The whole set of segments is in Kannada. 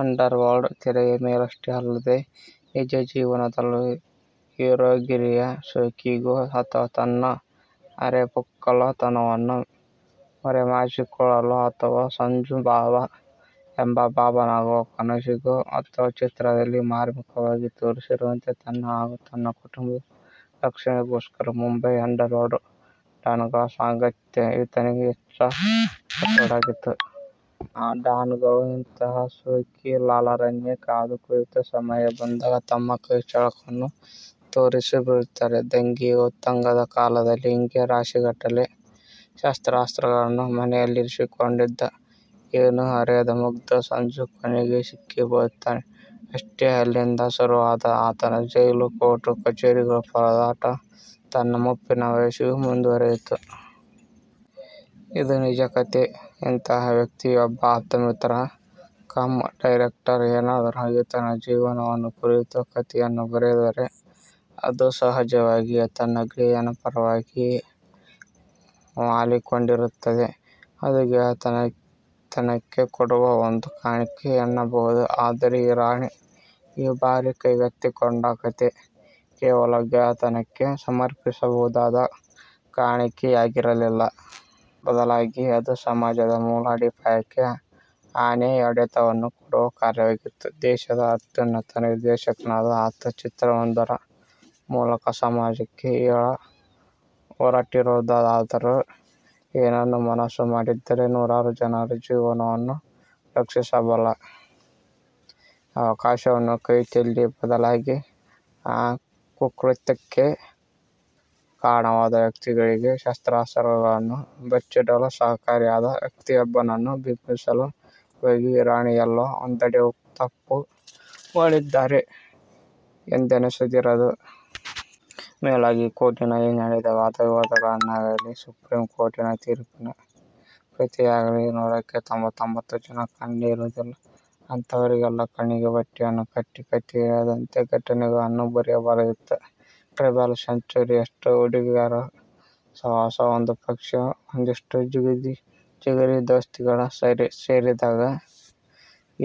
ಅಂಡರ್ ವರ್ಲ್ಡ್ ತೆರೆಯ ಮೇಲಷ್ಟೇ ಅಲ್ಲದೆ ನಿಜಜೀವನದಲ್ಲೂ ಹೀರೋಗಿರಿಯ ಶೋಕಿಗೋ ಅಥವ ತನ್ನ ಅರೆಪುಕ್ಕಲುತನವನ್ನು ಮರೆಮಾಚಿಕೊಳ್ಳಲೋ ಅಥವಾ 'ಸಂಜು ಬಾಬಾ' ಎಂಬ ಬಾಬಾನಾಗುವ ಕನಸಿಗೋ ಅಥವಾ ಚಿತ್ರದಲ್ಲಿ 'ಮಾರ್ಮಿಕ'ವಾಗಿ ತೋರಿಸಿರುವಂತೆ ತನ್ನ ಹಾಗು ತನ್ನ ಕುಟುಂಬದ ರಕ್ಷಣೆಗೋಸ್ಕರ ಮುಂಬೈ ಅಂಡರ್ ವರ್ಲ್ಡ್ ಡಾನ್ಗಳ ಸಾಂಗತ್ಯ ಈತನಿಗೆ ಹೆಚ್ಚಾಗತೊಡಗಿತು. ಆ ಡಾನ್ ಗಳೋ ಇಂತಹ ಶೋಕಿಲಾಲರನ್ನೇ ಕಾದು ಕುಳಿತು ಸಮಯ ಬಂದಾಗ ತಮ್ಮ ಕೈಚಳಕವನ್ನು ತೋರಿಸಿಬಿಡುತ್ತಾರೆ. ದಂಗೆಯ ಉತ್ತುಂಗದ ಕಾಲದಲ್ಲಿ ಹೀಗೆ ರಾಶಿಗಟ್ಟಲೆ ಶಸ್ತ್ರಾಸ್ತ್ರಗಳನ್ನು ಮನೆಯಲ್ಲಿರಿಸಿಕೊಂಡಿದ್ದ 'ಏನೂ ಅರಿಯದ ಮುಗ್ದ' ಸಂಜು ಕೊನೆಗೂ ಸಿಕ್ಕಿಬೀಳುತ್ತಾನೆ ಅಷ್ಟೇ. ಅಲ್ಲಿಂದ ಶುರುವಾದ ಆತನ ಜೈಲು, ಕೋರ್ಟು ಕಚೇರಿಗಳ ಪರದಾಟ ತನ್ನ ಮುಪ್ಪಿನ ವಯಸ್ಸಿಗೂ ಮುಂದುವರೆಯಿತು. ಇದು ನಿಜಕಥೆ. ಇಂತಹ ವ್ಯಕ್ತಿಯ ಒಬ್ಬ ಆಪ್ತಮಿತ್ರ ಕಮ್ ಡೈರೆಕ್ಟರ್ ಏನಾದರೂ ಈತನ ಜೀವನವನ್ನು ಕುರಿತು ಕತೆಯನ್ನು ಬರೆದರೆ ಅದು ಸಹಜವಾಗಿಯೇ ತನ್ನ ಗೆಳೆಯನ ಪರವಾಗಿಯೇ ವಾಲಿಕೊಂಡಿರುತ್ತದೆ. ಅದು ಗೆಳೆತನಕ್ಕೆ ಕೊಡುವ ಒಂದು ಕಾಣಿಕೆ ಎನ್ನಬಹುದು. ಆದರೆ ಹಿರಾನಿ ಈ ಬಾರಿ ಕೈಗೆತ್ತಿಕೊಂಡ ಕಥೆ ಕೇವಲ ಗೆಳೆತನಕ್ಕೆ ಸಮರ್ಪಿಸಬಹುದಾದ ಕಾಣಿಕೆಯಾಗಿರಲಿಲ್ಲ. ಬದಲಾಗಿ ಅದು ಸಮಾಜದ ಮೂಲ ಅಡಿಪಾಯಕ್ಕೆ ಆನೆಯೊಡೆತವನ್ನು ಕೊಡುವ ಕಾರ್ಯವಾಗಿತ್ತು. ದೇಶದ ಅತ್ಯುನ್ನತ ನಿರ್ದೇಶಕನಾದ ಆತ ಚಿತ್ರವೊಂದರ ಮೂಲಕ ಸಮಾಜಕ್ಕೆ ಹೇಳಹೊರಟಿರುವುದಾದರೂ ಏನನ್ನು ಮನಸ್ಸು ಮಾಡಿದ್ದರೆ ನೂರಾರು ಜನರ ಜೀವವನ್ನು ರಕ್ಷಿಸಬಲ್ಲ ಅವಕಾಶವನ್ನು ಕೈಚೆಲ್ಲಿ ಬದಲಾಗಿ ಆ ಕುಕೃತ್ಯಕ್ಕೆ ಕಾರಣರಾದ ವ್ಯಕ್ತಿಗಳಿಗೇ ಶಸ್ತ್ರಾಸ್ತಗಳನ್ನು ಬಚ್ಚಿಡಲು ಸಹಕಾರಿಯಾದ ವ್ಯಕ್ತಿಯೊಬ್ಬನನ್ನು ಬಿಂಬಿಸಲು ಹೋಗಿ ಹಿರಾನಿ ಎಲ್ಲೋ ಒಂದೆಡೆ ತಪ್ಪು ಮಾಡಿದ್ದಾರೆ ಎಂದೆನಿಸದಿರದು. ಮೇಲಾಗಿ ಕೋರ್ಟಿನಲ್ಲಿ ನಡೆದ ವಾದವಿವಾದಗಳನ್ನಾಗಲಿ, ಸುಪ್ರೀಂ ಕೋರ್ಟಿನ ತೀರ್ಪಿನ ಪ್ರತಿಯಾಗಲಿ ನೂರಕ್ಕೆ ತೊಂಬತ್ತೊಂಬತ್ತು ಜನ ಕಂಡೇ ಇರುವುದಿಲ್ಲ. ಅಂತವರಿಗೆಲ್ಲ ಕಣ್ಣಿಗೆ ಬಟ್ಟೆಯನ್ನು ಕಟ್ಟಿ ಕತೆ ಹೇಳಿದಂತೆ ಘಟನೆಗಳನ್ನು ಬರೆಯಬಾರದಿತ್ತು. ಟ್ರಿಪಲ್ ಸೆಂಚೂರಿ ಯಷ್ಟು ಹುಡುಗಿಯರ ಸಹವಾಸ ಒಂದುಪಕ್ಷ ಒಂದಿಷ್ಟು ಜಿಗರಿ ದೋಸ್ತಿಗಳು ಸೇರಿದಾಗ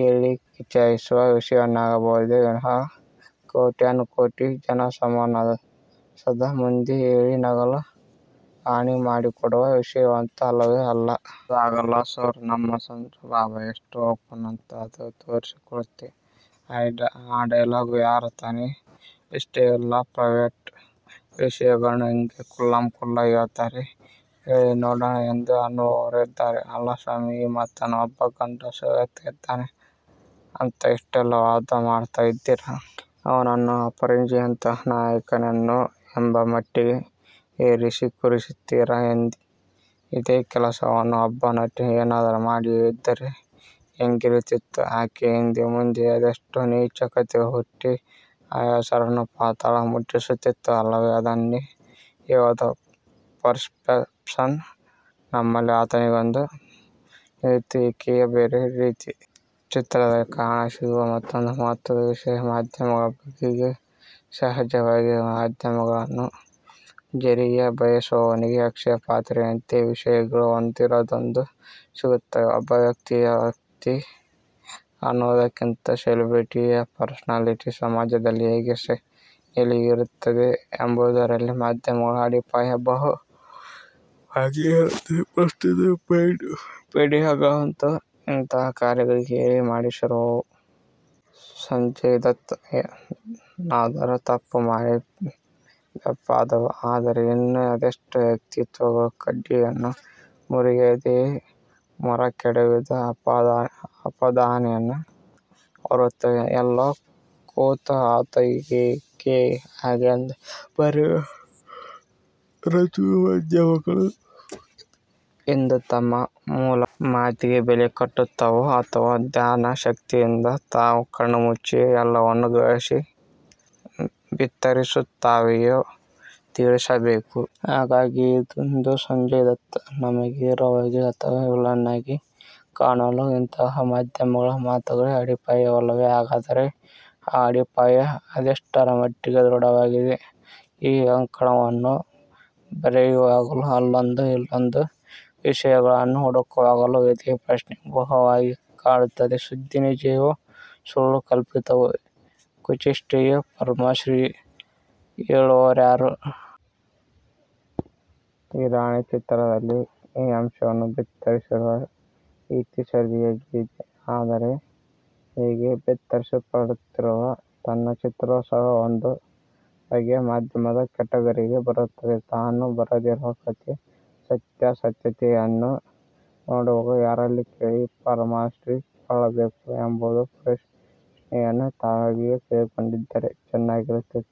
ಹೇಳಿ ಕಿಚಾಯಿಸುವ ವಿಷಯವಾಗಬಹುದೇ ವಿನಃ ಕೋಟ್ಯಾನುಕೋಟಿ ಜನಮಾನಸದ ಮುಂದೆ ಹೇಳಿ ನಗಲು ಅಣಿಮಾಡಿಕೊಡುವ ವಿಷಯವಂತು ಅಲ್ಲವೇ ಅಲ್ಲ. 'ಅದು ಹಾಗಲ್ಲ ಸಾರ್, ನಮ್ ಸಂಜು ಬಾಬಾ ಎಷ್ಟು ಓಪನ್ ಅಂತ ಅದು ತೋರ್ಸಿ ಕೊಡುತ್ತೆ ಆ ಡೈಲಾಗು. ಯಾರ್ ತಾನೇ ಇಷ್ಟೆಲ್ಲಾ ಪ್ರೈವೇಟ್ ವಿಷಯಗಳನ್ನ ಹಿಂಗೇ ಖುಲ್ಲಂ ಖುಲ್ಲಾ ಹೇಳ್ತಾರೆ ಹೇಳಿ ನೋಡಣ ' ಎಂದು ಅನ್ನುವವರೂ ಇದ್ದಾರೆ. ಅಲ್ಲಾ ಸ್ವಾಮಿ ಈ ಮಾತನ್ನು ಒಬ್ಬ ಗಂಡಸು ಹೇಳ್ತಾ ಇದ್ದಾನೆ ಅಂತ ಇಷ್ಟೆಲ್ಲಾ ವಾದಮಾಡ್ತಾ ಇದ್ದೀರಾ. ಅವನನ್ನು ಅಪರಂಜಿಯಂತಹ ನಾಯಕನೇನೋ ಎಂಬ ಮಟ್ಟಿಗೆ ಏರಿಸಿ ಕೂರಿಸುತ್ತೀರಾ. ಇದೆ ಕೆಲಸವನ್ನು ಒಬ್ಬ ನಟಿ ಏನಾದರು ಮಾಡಿ ಹೇಳಿದ್ದರೆ ಹೇಗಿರುತ್ತಿತ್ತು? ಆಕೆಯ ಹಿಂದೆ ಮುಂದೆ ಅದೆಷ್ಟು ನೀಚ ಕತೆಗಳು ಹುಟ್ಟಿ ಆ ಹೆಸರನ್ನು ಪಾತಾಳ ಮುಟ್ಟಿಸುತ್ತಿತ್ತು ಅಲ್ಲವೇ? ಅದನ್ನೇ ಹೇಳೋದು ಪರ್ಸೆಪ್ಷನ್ ನಮ್ಮಲ್ಲಿ ಆತನಿಗೊಂದು ನೀತಿ ಈಕೆಗೆ ಬೇರೆಯೇ ರೀತಿ. ಚಿತ್ರದಲ್ಲಿ ಕಾಣಸಿಗುವ ಮತ್ತೊಂದು ಮಹತ್ವದ ವಿಷಯ ಮಾಧ್ಯಮಗಳ ಬಗೆಗೆ. ಸಹಜವಾಗಿಯೇ ಮಾಧ್ಯಮಗಳನ್ನು ಜರಿಯ ಬಯಸುವವನಿಗೆ ಅಕ್ಷಯ ಪಾತ್ರೆಯಂತೆ ವಿಷಯಗಳು ಒಂದರಿಂದೊಂದು ಸಿಗುತ್ತವೆ. ಒಬ್ಬ ವ್ಯಕ್ತಿಯ, ವ್ಯಕ್ತಿ ಅನ್ನುವುದಕ್ಕಿಂತ ಸೆಲೆಬ್ರಿಟಿಯ, ಪರ್ಸನಾಲಿಟಿ ಸಮಾಜದಲ್ಲಿ ಹೇಗೆ ನೆಲೆಯೂರುತ್ತದೆ ಎಂಬುದರಲ್ಲಿ ಮಾಧ್ಯಮಗಳ ಅಡಿಪಾಯ ಬಹುವಾಗಿಯೇ ಇರುತ್ತದೆ. ಪ್ರಸ್ತುತ ಪೇಯ್ಡ್ ಮೀಡಿಯಾಗಳಂತೂ ಇಂತಹ ಕಾರ್ಯಗಳಿಗೆ ಹೇಳಿ ಮಾಡಿಸಿರುವವು. ಸಂಜಯ್ ದತ್ ನಾದರೂ ತಪ್ಪು ಮಾಡಿ ಬೆಪ್ಪಾದವ, ಆದರೆ ಇನ್ನೂ ಅದೆಷ್ಟೋ ವ್ಯಕ್ತಿತ್ವಗಳು ಕಡ್ಡಿಯನ್ನು ಮುರಿಯದೆಯೇ ಮರಕೆಡವಿದ ಅಪಾದನೆಯನ್ನು ಹೊರುತ್ತವೆ. ಎಲ್ಲೋ ಕೂತು ಆತ ಹೀಗೆ, ಈಕೆ ಹಾಗೆ ಎಂದು ಬರೆಯುವ, ಅರಚುವ ಮಾಧ್ಯಮಗಳು ಇಂದು ತಮ್ಮ ಮೂಲಗಳ ಮಾತಿಗೆ ಬೆಲೆ ಕಟ್ಟುತ್ತಾವೋ ಅಥವಾ ಧ್ಯಾನಶಕ್ತಿಯಿಂದ ತಾವು ಕಣ್ಣುಮುಚ್ಚಿಯೇ ಎಲ್ಲವನ್ನು ಗ್ರಹಿಸಿ ಬಿತ್ತರಿಸುತ್ತಾವೆಯೋ ತಿಳಿಸಬೇಕು. ಹಾಗಾಗಿ ಇಂದು ಸಂಜಯ್ ದತ್ ನಮಗೆ ಹೀರೋವಾಗಿ ಅಥವಾ ವಿಲನ್ನಾಗಿ ಕಾಣಲು ಇಂತಹ ಮಾಧ್ಯಮಗಳ ಮಾತುಗಳೇ ಅಡಿಪಾಯವಲ್ಲವೆ? ಹಾಗಾದರೆ ಆ ಅಡಿಪಾಯ ಅದೆಷ್ಟರ ಮಟ್ಟಿಗೆ ದೃಢವಾಗಿದೆ? ಈ ಅಂಕಣವನ್ನು ಬರೆಯುವಾಗಲೂ, ಅಲ್ಲೊಂದು ಇಲ್ಲೊಂದು ವಿಷಯಗಳನ್ನು ಹುಡುಕುವಾಗಲೂ ಇದೇ ಪ್ರಶ್ನೆ ಬಹುವಾಗಿ ಕಾಡುತ್ತದೆ ಸುದ್ದಿ ನಿಜವೋ, ಸುಳ್ಳೋ, ಕಲ್ಪಿತವೋ, ಕುಚೇಷ್ಠೆಯೋ ಪರಾಮರ್ಶಿಸಿ ಹೇಳುವವರ್ಯಾರು? ಹಿರಾನಿ ಚಿತ್ರದಲ್ಲಿ ಈ ಅಂಶವನ್ನು ಬಿತ್ತರಿಸಿರುವ ರೀತಿ ಸರಿಯಾಗಿಯೇ ಇದೆ. ಆದರೆ ಹೀಗೆ ಬಿತ್ತರಪಡಿಸುತ್ತಿರುವ ತನ್ನ ಚಿತ್ರವೂ ಸಹ ಒಂದು ಬಗೆಯ ಮಾಧ್ಯಮದ ಕೆಟಗರಿಗೆ ಬರುತ್ತದೆ, ತಾನು ಬರೆದಿರುವ ಕತೆಯ ಸತ್ಯಾಸತ್ಯತೆಯನ್ನು ನೋಡುವಾಗ ಯಾರಲ್ಲಿ ಕೇಳಿ ಪರಾಮರ್ಶಿಸಿಕೊಳ್ಳಬೇಕು ಎಂಬೊಂದು ಪ್ರಶ್ನೆಯನ್ನೂ ತಾವಾಗಿಯೇ ಕೇಳಿಕೊಂಡಿದ್ದರೆ ಚೆನ್ನಾಗಿರುತ್ತಿತ್ತು.